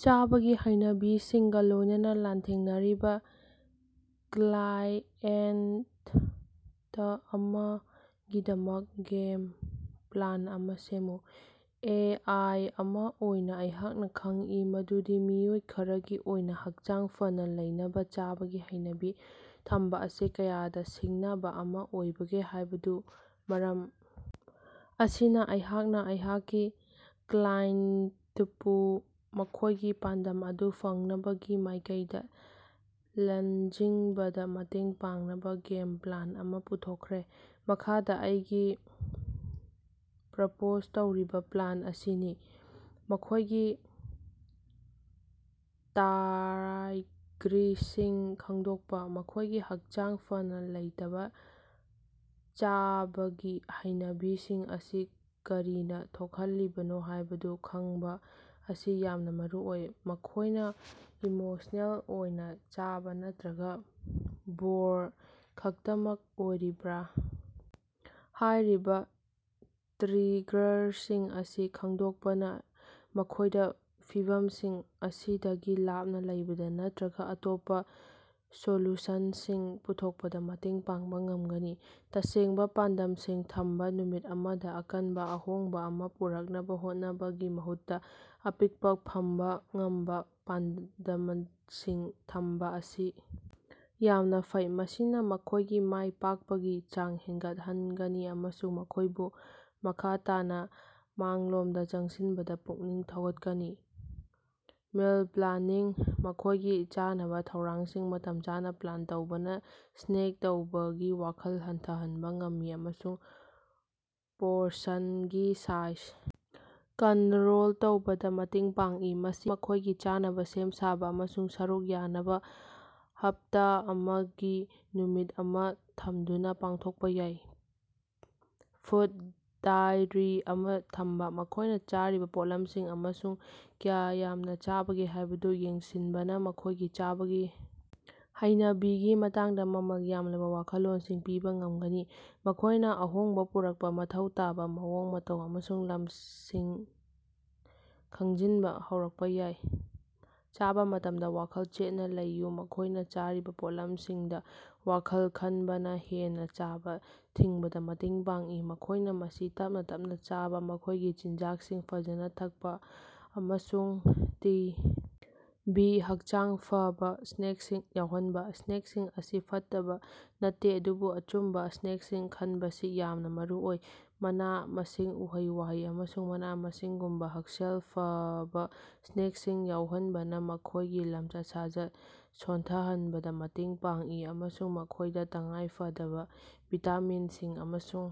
ꯆꯥꯕꯒꯤ ꯍꯩꯅꯕꯤꯁꯤꯡꯒ ꯂꯣꯏꯅꯅ ꯂꯥꯟꯊꯦꯡꯅꯔꯤꯕ ꯀ꯭ꯂꯥꯏꯑꯦꯟꯇ ꯑꯃꯒꯤꯗꯃꯛ ꯒꯦꯝ ꯄ꯭ꯂꯥꯟ ꯑꯃ ꯁꯦꯝꯃꯨ꯫ ꯑꯦ. ꯑꯥꯏ. ꯑꯃ ꯑꯣꯏꯅ ꯑꯩꯍꯥꯛꯅ ꯈꯪꯏ ꯃꯗꯨꯗꯤ ꯃꯤꯑꯣꯏ ꯈꯔꯒꯤ ꯑꯣꯏꯅ ꯍꯛꯆꯥꯡ ꯐꯅ ꯂꯩꯅꯕ ꯆꯥꯕꯒꯤ ꯍꯩꯅꯕꯤ ꯊꯝꯕ ꯑꯁꯤ ꯀꯌꯥꯗ ꯁꯤꯡꯅꯕ ꯑꯃ ꯑꯣꯏꯕꯒꯦ ꯍꯥꯏꯕꯗꯨ꯫ ꯃꯔꯝ ꯑꯁꯤꯅ ꯑꯩꯍꯥꯛꯅ ꯑꯩꯍꯥꯛꯀꯤ ꯀ꯭ꯂꯥꯏꯟꯇꯄꯨ ꯃꯈꯣꯏꯒꯤ ꯄꯥꯟꯗꯝ ꯑꯗꯨ ꯐꯪꯅꯕꯒꯤ ꯃꯥꯏꯀꯩꯗ ꯂꯜꯖꯤꯡꯕꯗ ꯃꯇꯦꯡ ꯄꯥꯡꯅꯕ ꯒꯦꯝ ꯄ꯭ꯂꯥꯟ ꯑꯃ ꯄꯨꯊꯣꯛꯈ꯭ꯔꯦ꯫ ꯃꯈꯥꯗ ꯑꯩꯒꯤ ꯄ꯭ꯔꯄꯣꯖ ꯇꯧꯔꯤꯕ ꯄ꯭ꯂꯥꯟ ꯑꯁꯤꯅꯤ: ꯃꯈꯣꯏꯒꯤ ꯇ꯭ꯔꯥꯏꯒ꯭ꯔꯤꯁꯤꯡ ꯈꯪꯗꯣꯛꯄ: ꯃꯈꯣꯏꯒꯤ ꯍꯛꯆꯥꯡ ꯐꯅ ꯂꯩꯇꯕ ꯆꯥꯕꯒꯤ ꯍꯩꯅꯕꯤꯁꯤꯡ ꯑꯁꯤ ꯀꯔꯤꯅ ꯊꯣꯛꯍꯜꯂꯤꯕꯅꯣ ꯍꯥꯏꯕꯗꯨ ꯈꯪꯕ ꯑꯁꯤ ꯌꯥꯝꯅ ꯃꯔꯨꯑꯣꯏ꯫ ꯃꯈꯣꯏꯅ ꯏꯃꯣꯁꯅꯦꯜ ꯑꯣꯏꯅ ꯆꯥꯕ ꯅꯠꯇꯔꯒ ꯕꯣꯔ ꯈꯛꯇꯃꯛ ꯑꯣꯏꯔꯤꯕꯔ? ꯍꯥꯏꯔꯤꯕ ꯇ꯭ꯔꯤꯒꯔꯁꯤꯡ ꯑꯁꯤ ꯈꯪꯗꯣꯛꯄꯅ ꯃꯈꯣꯏꯗ ꯐꯤꯚꯝꯁꯤꯡ ꯑꯁꯤꯗꯒꯤ ꯂꯥꯞꯅ ꯂꯩꯕꯗ ꯅꯠꯇꯔꯒ ꯑꯇꯣꯞꯄ ꯁꯣꯂꯨꯁꯟꯁꯤꯡ ꯄꯨꯊꯣꯛꯄꯗ ꯃꯇꯦꯡ ꯄꯥꯡꯕ ꯉꯝꯒꯅꯤ꯫ ꯇꯁꯦꯡꯕ ꯄꯥꯟꯗꯝꯁꯤꯡ ꯊꯝꯕ ꯅꯨꯃꯤꯠ ꯑꯃꯗ ꯑꯀꯟꯕ ꯑꯍꯣꯡꯕ ꯑꯃ ꯄꯨꯔꯛꯅꯕ ꯍꯣꯠꯅꯕꯒꯤ ꯃꯍꯨꯠꯇ, ꯑꯄꯤꯛꯄ, ꯐꯪꯕ ꯉꯝꯕ ꯄꯥꯟꯗꯃꯁꯤꯡ ꯊꯝꯕ ꯑꯁꯤ ꯌꯥꯝꯅ ꯐꯩ꯫ ꯃꯁꯤꯅ ꯃꯈꯣꯏꯒꯤ ꯃꯥꯏ ꯄꯥꯛꯄꯒꯤ ꯆꯥꯡ ꯍꯦꯟꯒꯠꯍꯟꯒꯅꯤ ꯑꯃꯁꯨꯡ ꯃꯈꯣꯏꯕꯨ ꯃꯈꯥ ꯇꯥꯅ ꯃꯥꯡꯂꯣꯝꯗ ꯆꯪꯁꯤꯟꯕꯗ ꯄꯨꯛꯅꯤꯡ ꯊꯧꯒꯠꯀꯅꯤ꯫ ꯃꯤꯜ ꯄ꯭ꯂꯥꯅꯤꯡ: ꯃꯈꯣꯏꯒꯤ ꯆꯥꯅꯕ ꯊꯧꯔꯥꯡꯁꯤꯡ ꯃꯇꯝ ꯆꯥꯅ ꯄ꯭ꯂꯥꯟ ꯇꯧꯕꯅ ꯁ꯭ꯅꯦꯛ ꯇꯧꯕꯒꯤ ꯋꯥꯈꯜ ꯍꯟꯊꯍꯟꯕ ꯉꯝꯃꯤ ꯑꯃꯁꯨꯡ ꯄꯣꯔꯁꯟꯒꯤ ꯁꯥꯏꯖ ꯀꯟꯠꯔꯣꯜ ꯇꯧꯕꯗ ꯃꯇꯦꯡ ꯄꯥꯡꯏ꯫ ꯃꯁꯤ ꯃꯈꯣꯏꯒꯤ ꯆꯥꯅꯕ ꯁꯦꯝ-ꯁꯥꯕ ꯑꯃꯁꯨꯡ ꯁꯔꯨꯛ ꯌꯥꯅꯕ ꯍꯞꯇ ꯑꯃꯒꯤ ꯅꯨꯃꯤꯠ ꯑꯃ ꯊꯝꯗꯨꯅ ꯄꯥꯡꯊꯣꯛꯄ ꯌꯥꯏ꯫ ꯐꯨꯗ ꯗꯥꯏꯔꯤ ꯑꯃ ꯊꯝꯕ: ꯃꯈꯣꯏꯅ ꯆꯥꯔꯤꯕ ꯄꯣꯠꯂꯝꯁꯤꯡ ꯑꯃꯁꯨꯡ ꯀꯌꯥ ꯌꯥꯝꯅ ꯆꯥꯕꯒꯦ ꯍꯥꯏꯕꯗꯨ ꯌꯦꯡꯁꯤꯟꯕꯅ ꯃꯈꯣꯏꯒꯤ ꯆꯥꯕꯒꯤ ꯍꯩꯅꯕꯤꯒꯤ ꯃꯇꯥꯡꯗ ꯃꯃꯜ ꯌꯥꯝꯂꯕ ꯋꯥꯈꯜꯂꯣꯟꯁꯤꯡ ꯄꯤꯕ ꯉꯝꯒꯅꯤ꯫ ꯃꯈꯣꯏꯅ ꯑꯍꯣꯡꯕ ꯄꯨꯔꯛꯄ ꯃꯊꯧ ꯇꯥꯕ ꯃꯑꯣꯡ-ꯃꯇꯧ ꯑꯃꯁꯨꯡ ꯂꯝꯁꯤꯡ ꯈꯪꯖꯤꯟꯕ ꯍꯧꯔꯛꯄ ꯌꯥꯏ꯫ ꯆꯥꯕ ꯃꯇꯝꯗ ꯋꯥꯈꯜ ꯆꯦꯠꯅ ꯂꯩꯌꯨ ꯃꯈꯣꯏꯅ ꯆꯥꯔꯤꯕ ꯄꯣꯠꯂꯝꯁꯤꯡꯗ ꯋꯥꯈꯜ ꯈꯟꯕꯅ ꯍꯦꯟꯅ ꯆꯥꯕ ꯊꯤꯡꯕꯗ ꯃꯇꯦꯡ ꯄꯥꯡꯏ꯫ ꯃꯈꯣꯏꯅ ꯃꯁꯤ ꯇꯞꯅ ꯇꯞꯅ ꯆꯥꯕ, ꯃꯈꯣꯏꯒꯤ ꯆꯤꯟꯖꯥꯛꯁꯤꯡ ꯐꯖꯅ ꯊꯛꯄ ꯑꯃꯁꯨꯡ ꯇꯤ. ꯚꯤ. ꯍꯛꯆꯥꯡ ꯐꯕꯥ ꯁ꯭ꯅꯦꯛꯁꯤꯡ ꯌꯥꯎꯍꯟꯕ: ꯁ꯭ꯅꯦꯛꯁꯤꯡ ꯑꯁꯤ ꯐꯠꯇꯕ ꯅꯠꯇꯦ, ꯑꯗꯨꯕꯨ ꯑꯆꯨꯝꯕ ꯁ꯭ꯅꯦꯛꯁꯤꯡ ꯈꯟꯕꯁꯤ ꯌꯥꯝꯅ ꯃꯔꯨꯑꯣꯏ꯫ ꯃꯅꯥ-ꯃꯁꯤꯡ, ꯎꯍꯩ-ꯋꯥꯍꯩ ꯑꯃꯁꯨꯡ ꯃꯅꯥ-ꯃꯁꯤꯡꯒꯨꯝꯕ ꯍꯛꯁꯦꯜ ꯐꯕꯥ ꯁ꯭ꯅꯦꯛꯁꯤꯡ ꯌꯥꯎꯍꯟꯕꯅ ꯃꯈꯣꯏꯒꯤ ꯂꯝꯆꯠ-ꯁꯥꯖꯠ ꯁꯣꯟꯊꯍꯟꯕꯗ ꯃꯇꯦꯡ ꯄꯥꯡꯏ ꯑꯃꯁꯨꯡ ꯃꯈꯣꯏꯗ ꯇꯉꯥꯏꯐꯗꯕ ꯚꯤꯇꯥꯃꯤꯟꯁꯤꯡ ꯑꯃꯁꯨꯡ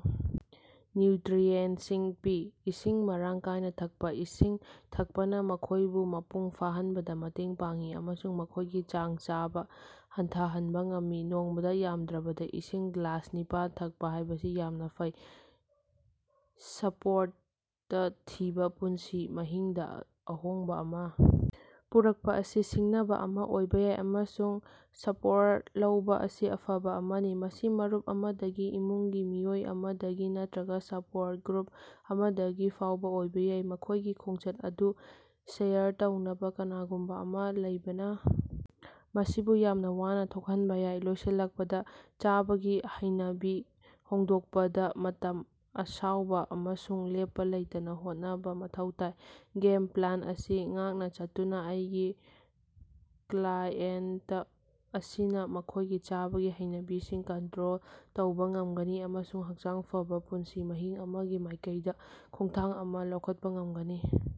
ꯅ꯭ꯌꯨꯇꯔꯤꯌꯦꯟꯇꯁꯤꯡ ꯄꯤ꯫ ꯏꯁꯤꯡ ꯃꯔꯥꯡ ꯀꯥꯏꯅ ꯊꯛꯄ: ꯏꯁꯤꯡ ꯊꯛꯄꯅ ꯃꯈꯣꯏꯕꯨ ꯃꯄꯨꯡ ꯐꯥꯍꯟꯕꯗ ꯃꯇꯦꯡ ꯄꯥꯡꯏ ꯑꯃꯁꯨꯡ ꯃꯈꯣꯏꯒꯤ ꯆꯥꯛ ꯆꯥꯕ ꯍꯟꯊꯍꯟꯕ ꯉꯝꯃꯤ꯫ ꯅꯣꯡꯃꯗꯥ ꯌꯥꯝꯗ꯭ꯔꯕꯗ ꯏꯁꯤꯡ ꯒ꯭ꯂꯥꯁꯅꯤꯄꯥꯜ ꯊꯛꯄ ꯍꯥꯏꯕꯁꯤ ꯌꯥꯝꯅ ꯐꯩ꯫ ꯁꯄꯣꯔꯠꯇ ꯊꯤꯕ ꯄꯨꯟꯁꯤ ꯃꯍꯤꯡꯗ ꯑꯍꯣꯡꯕ ꯑꯃ ꯄꯨꯔꯛꯄ ꯑꯁꯤ ꯁꯤꯡꯅꯕ ꯑꯃ ꯑꯣꯏꯕ ꯌꯥꯏ, ꯑꯃꯁꯨꯡ ꯁꯄꯣꯔꯠ ꯂꯧꯕ ꯑꯁꯤ ꯑꯐꯕ ꯑꯃꯅꯤ꯫ ꯃꯁꯤ ꯃꯔꯨꯞ ꯑꯃꯗꯒꯤ, ꯏꯃꯨꯡꯒꯤ ꯃꯤꯑꯣꯏ ꯑꯃꯗꯒꯤ ꯅꯠꯇꯔꯒ ꯁꯄꯣꯔꯠ ꯒ꯭ꯔꯨꯞ ꯑꯃꯗꯒꯤ ꯐꯥꯎꯕ ꯑꯣꯏꯕ ꯌꯥꯏ꯫ ꯃꯈꯣꯏꯒꯤ ꯈꯣꯡꯆꯠ ꯑꯗꯨ ꯁꯦꯌꯔ ꯇꯧꯅꯕ ꯀꯅꯥꯒꯨꯝꯕ ꯑꯃ ꯂꯩꯕꯅ ꯃꯁꯤꯕꯨ ꯌꯥꯝꯅ ꯋꯥꯅ ꯊꯣꯛꯍꯟꯕ ꯌꯥꯏ꯫ ꯂꯣꯏꯁꯤꯜꯂꯛꯄꯗ, ꯆꯥꯕꯒꯤ ꯍꯩꯅꯕꯤ ꯍꯣꯡꯗꯣꯛꯄꯗ ꯃꯇꯝ, ꯑꯁꯥꯎꯕ ꯑꯃꯁꯨꯡ ꯂꯦꯞꯄ ꯂꯩꯇꯅ ꯍꯣꯠꯅꯕ ꯃꯊꯧ ꯇꯥꯏ꯫ ꯒꯦꯝ ꯄ꯭ꯂꯥꯟ ꯑꯁꯤ ꯉꯥꯛꯅ ꯆꯠꯇꯨꯅ ꯑꯩꯒꯤ ꯀ꯭ꯂꯥꯏꯑꯦꯟꯇ ꯑꯁꯤꯅ ꯃꯈꯣꯏꯒꯤ ꯆꯥꯕꯒꯤ ꯍꯩꯅꯕꯤꯁꯤꯡ ꯀꯟꯇꯔꯣꯜ ꯇꯧꯕꯥ ꯉꯝꯒꯅꯤ ꯑꯃꯁꯨꯡ ꯍꯛꯆꯥꯡ ꯐꯕꯥ ꯄꯨꯟꯁꯤ ꯃꯍꯤꯡ ꯑꯃꯒꯤ ꯃꯥꯏꯀꯩꯗꯥ ꯈꯣꯡꯊꯥꯡ ꯑꯃ ꯂꯧꯈꯠꯄꯥ ꯉꯝꯒꯅꯤ꯫